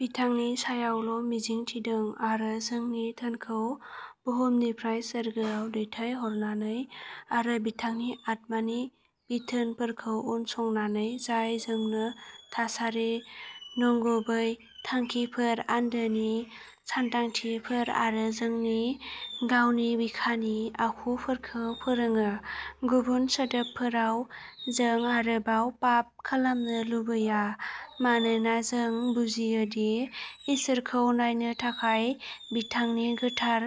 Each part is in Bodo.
बिथांनि सायावल' मिजिं थिदों आरो जोंनि धोनखौ बुहुमनिफ्राय सोरगोआव दैथायहरनानै आरो बिथांनि आत्मानि बिथोनफोरखौ उनसंनानै, जाय जोंनो थासारि, नंगुबै थांखिफोर, आन्दोनि सानदांथिफोर आरो जोंनि गावनि बिखानि आखुफोरखौ फोरोङो, गुबुन सोदोबफोराव जों आरोबाव पाप खालामनो लुबैया मानोना जों बुजियो दि इसोरखौ नायनो थाखाय, बिथांनि गोथार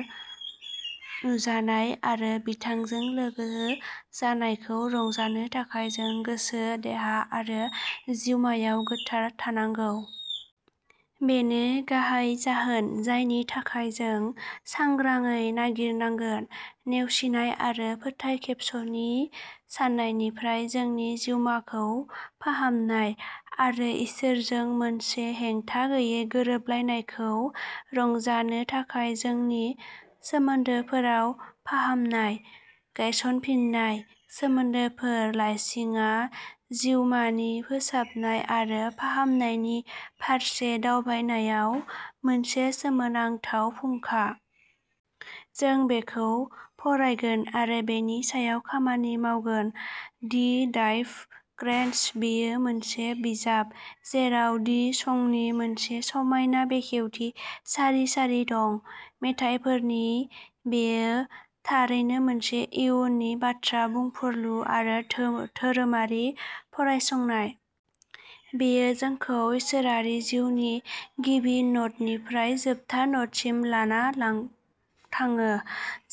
नुजानाय आरो बिथांजों लोगो जानायखौ रंजानो थाखाय जों गोसो, देहा आरो जिउमायाव गोथार थानांगौ। बेनो गाहाय जाहोन जायनि थाखाय जों सांग्राङै नागिरनांगोन नेवसिनाय आरो फोथायखेबस'नि सानायनिफ्राय जोंनि जिउमाखौ फाहामनाय, आरो इसोरजों मोनसे हेंथा गैयै गोरोबलायनायखौ रंजानो थाखाय जोंनि सोमोन्दोफोराव फाहामनाय। गायसनफिननाय सोमोन्दोफोर लाइसिङा जिउमानि फोसाबनाय आरो फाहामनायनि फारसे दावबायनायाव मोनसे सोमोनांथाव फुंखा। जों बेखौ फरायगोन आरो बेनि सायाव खामानि मावगोन। दि डाइभ क्रेसेन्ड' बेयो मोनसे बिजाब जेराव दि संनि मोनसे समायना बेखेवथि सारि सारि दं। मेथाइफोरनि, बेयो थारैनो मोनसे इयुननि बाथ्रा बुंफोरलु आरो धौ धोरोमारि फरायसंनाय। बेयो जोंखौ इसोरारि जिउनि गिबि न'टनिफ्राय जोबथा न'टसिम लाना लां‌ थाङो,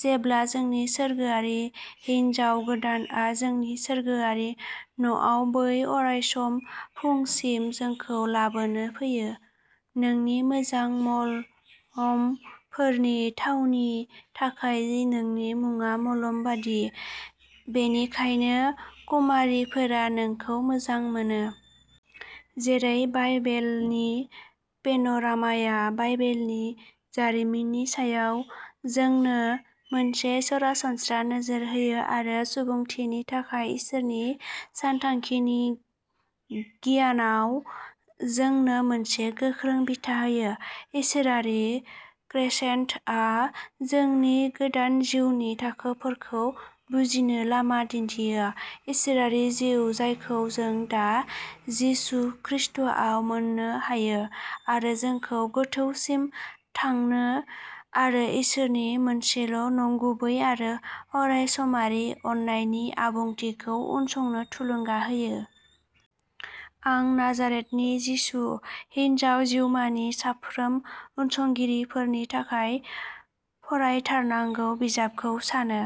जेब्ला जोंनि सोरगोआरि हिन्जाव गोदानआ जोंनि सोरगोआरि न'आव बै अरायसम फुंसिम जोंखौ लाबोनो फैयो। "नोंनि मोजां मलमफोरनि थावनि थाखाय नोंनि मुङा मलम बायदि, बेनिखायनो कुमारीफोरा नोंखौ मोजां मोनो। जेरै बाइबेलनि पेन'रामाया बाइबेलनि जारिमिननि सायाव जोंनो मोनसे सरासनस्रा नोजोर होयो आरो सुबुंथिनि थाखाय इसोरनि सानथांखिनि गियानाव जोंनो मोनसे गोख्रों बिथा होयो, इसोरारि क्रेसेन्ड'आ जोंनि गोदान जिउनि थाखोफोरखौ बुजिनो लामा दिन्थियो, इसोरारि जिउ जायखौ जों दा जिसु खृष्टआव मोननो हायो, आरो जोंखौ गोथौसिम थांनो आरो इसोरनि मोनसेल' नंगुबै आरो अरायसमारि अननायनि आबुंथिखौ उनसंनो थुलुंगा होयो। आं नाजारेथनि जिसु, हिन्जाव जिउमानि साफ्रोम उनसंगिरिफोरनि थाखाय फरायथारनांगौ बिजाबखौ सानो।